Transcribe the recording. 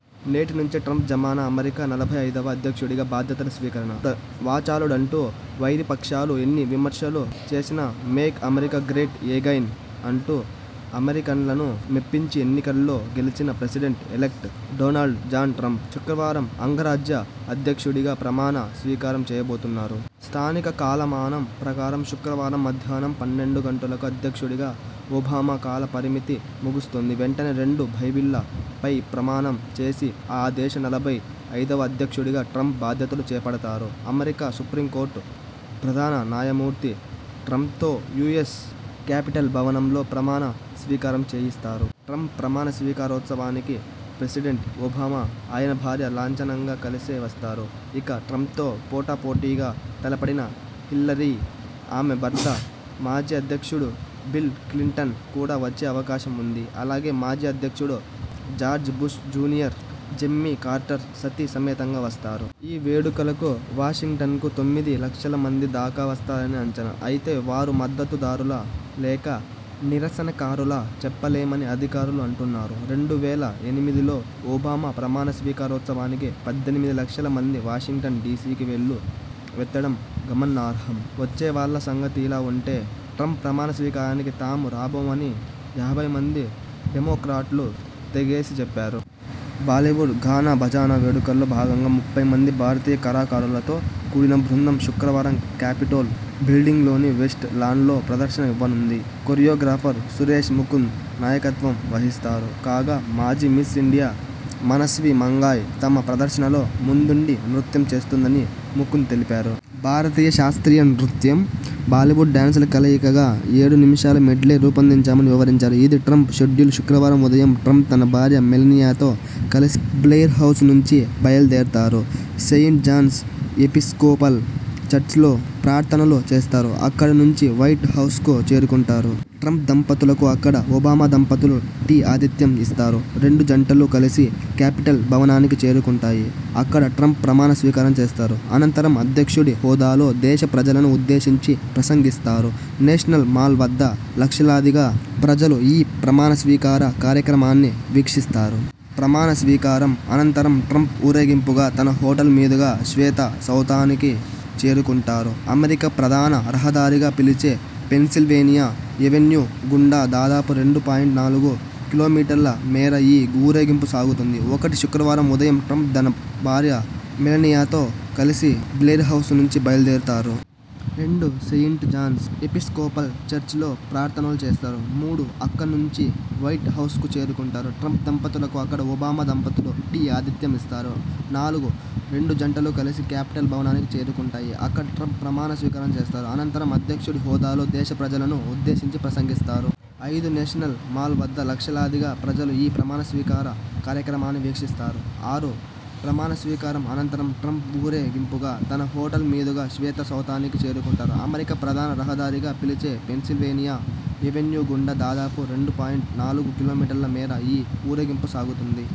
నేటి నుంచే ట్రంప్ జమానా అమెరికా నలభై ఐదువ అధ్యక్షుడిగా బాధ్యతల స్వీకరణ.. వాచాలుడంటూ వైరిపక్షాలు ఎన్ని విమర్శలు చేసినా 'మేక్ అమెరికా గ్రేట్ ఎగైన్' అంటూ అమెరికన్లను మెప్పించి ఎన్నికల్లో గెలిచిన president elect.. Donald John Trump.. శుక్రవారం అగ్రరాజ్య అధ్యక్షుడిగా ప్రమాణ స్వీకారం చేయబోతున్నారు. స్థానిక కాలమానం ప్రకారం శుక్రవారం మధ్యాహ్నం పన్నెండు గంటలకు.. అధ్యక్షుడిగా ఒబామా కాల పరిమితి ముగుస్తుంది. వెంటనే, రెండు బైబిళ్ల పై ప్రమాణం చేసి ఆ దేశ నలభై ఐదువ అధ్యక్షుడిగా ట్రంప్ బాధ్యతలు చేపడతారు. అమెరికా సుపీరంకోర్టు ప్రధాన న్యాయమూర్తి ట్రంప్తో యూఎస్ క్యాపిటల్ భవనంలో ప్రమాణ స్వీకారం చేయిస్తారు. ట్రంప్ ప్రమాణ స్వీకారోత్సవానికి ప్రెసిడెంట్ ఒబామా, ఆయన భార్య లాంఛనంగా కలిసే వస్తారు. ఇక, ట్రంప్తో పోటా పోటీగా తలపడిన హిల్లరీ, ఆమె భర్త, మాజీ అధ్యక్షుడు బిల్ క్లింటన్ కూడా వచ్చే అవకాశం ఉంది. అలాగే, మాజీ అధ్యక్షుడు George Bush junior, Jimmy Carter సతీ సమేతంగా వస్తారు. ఈ వేడుకలకు వాషింగ్టన్కు తొమ్మిది లక్షల మంది దాకా వస్తారని అంచనా. అయితే వారు మద్దతు దారులా లేక నిరసనకారులా చెప్పలేమని అధికారులు అంటున్నారు. రెండు వేల ఎనిమిదిలో ఒబామా ప్రమాణస్వీకారోత్సవానికి పద్దెనిమిది లక్షల మంది వాషింగ్టన్ డీసీకి వెల్లు వెత్తడం గమనార్హం. వచ్చేవాళ్ల సంగతి ఇలా ఉంటే, ట్రంప్ ప్రమాణ స్వీకారానికి తాము రాబోమని యాభై మంది డెమొక్రాట్లు తెగేసి చెప్పారు. బాలీవుడ్ గానా బజానా వేడుకల్లో భాగంగా ముప్పై మంది భారతీయ కళాకారులతో కూడిన బృందం శుక్రవారం క్యాపిటోల్ బిల్డింగ్లోని వెస్ట్ లాన్లో ప్రదర్శన ఇవ్వనుంది. కొరియో గ్రాఫర్ సురేష్ ముకుంద్ నాయకత్వం వహిస్తారు. కాగా, మాజీ మిస్ ఇండియా మనస్వి మంగాయ్ తమ ప్రదర్శనలో ముందుండి నృత్యం చేస్తుందని ముకుంద్ తెలిపారు. భారతీయ శాస్త్రీయ నృత్యం, బాలీవుడ్ డాన్సుల కలయికగా ఏడు నిమిషాల మెడ్లే రూపొందించామని వివరించారు. ఇదీ ట్రంప్ షెడ్యూలు శుక్రవారం ఉదయం ట్రంప్ తన భార్య మెలానియాతో కలిసి బ్లెయిర్హౌస్ నుంచి బయల్దేరతారు. సెయింట్ జాన్స్ ఎపిస్కోపల్ చర్చ్లో ప్రార్థనలు చేస్తారు. అక్కడ నుంచి వైట్ హౌస్కు చేరుకుంటారు. ట్రంప్ దంపతులకు అక్కడ ఒబామా దంపతులు టీ ఆతిథ్యం ఇస్తారు. రెండు జంటలూ కలిసి క్యాపిటల్ భవనానికి చేరుకుంటాయి. అక్కడ ట్రంప్ ప్రమాణ స్వీకారం చేస్తారు. అనంతరం అధ్యక్షుడి హోదాలో దేశ ప్రజలను ఉద్దేశించి ప్రసంగిస్తారు. నేషనల్ మాల్ వద్ద లక్షలాదిగా ప్రజలు ఈ ప్రమాణ స్వీకార కార్యక్రమాన్ని వీక్షిస్తారు. ప్రమాణ స్వీకారం అనంతరం ట్రంప్ ఊరేగింపుగా, తన హోటల్ మీదుగా శ్వేత సౌథానికి చేరుకుంటారు. 'అమెరికా ప్రధాన రహదారి'గా పిలిచే పెన్సిల్వేనియా ఎవెన్యూ గుండా దాదాపు రెండు పాయింట్ నాలుగు కిలోమీటర్ల మేర ఈ ఊరేగింపు సాగుతుంది. ఒకటి శుక్రవారం ఉదయం ట్రంప్ తన భార్య మెలానియాతో కలిసి బ్లెయిర్హౌస్ నుంచి బయల్దేరతారు. రెండు సెయింట్ జాన్స్ ఎపిస్కోపల్ చర్చ్లో ప్రార్థనలు చేస్తారు. మూడు అక్కణ్నుంచీ వైట్ హౌస్కు చేరుకుంటారు. ట్రంప్ దంపతులకు అక్కడ ఒబామా దంపతులు టీ ఆతిథ్యం ఇస్తారు. నాలుగు రెండు జంటలూ కలిసి క్యాపిటల్ భవనానికి చేరుకుంటాయి. అక్కడ ట్రంప్ ప్రమాణ స్వీకారం చేస్తారు. అనంతరం అధ్యక్షుడి హోదాలో దేశ ప్రజలను ఉద్దేశించి ప్రసంగిస్తారు. ఐదు నేషనల్ మాల్ వద్ద లక్షలాదిగా ప్రజలు ఈ ప్రమాణ స్వీకార కార్యక్రమాన్ని వీక్షిస్తారు. ఆరు ప్రమాణ స్వీకారం అనంతరం ట్రంప్ ఊరే గింపుగా, తన హోటల్ మీదుగా శ్వేత సౌథానికి చేరుకుంటారు. 'అమెరికా ప్రధాన రహదారి'గా పిలిచే పెన్సిల్వేనియా ఎవెన్యూ గుండా దాదాపు రెండు పాయింట్ నాలుగు కిలో మీటర్ల మేర ఈ ఊరేగింపు సాగుతుంది.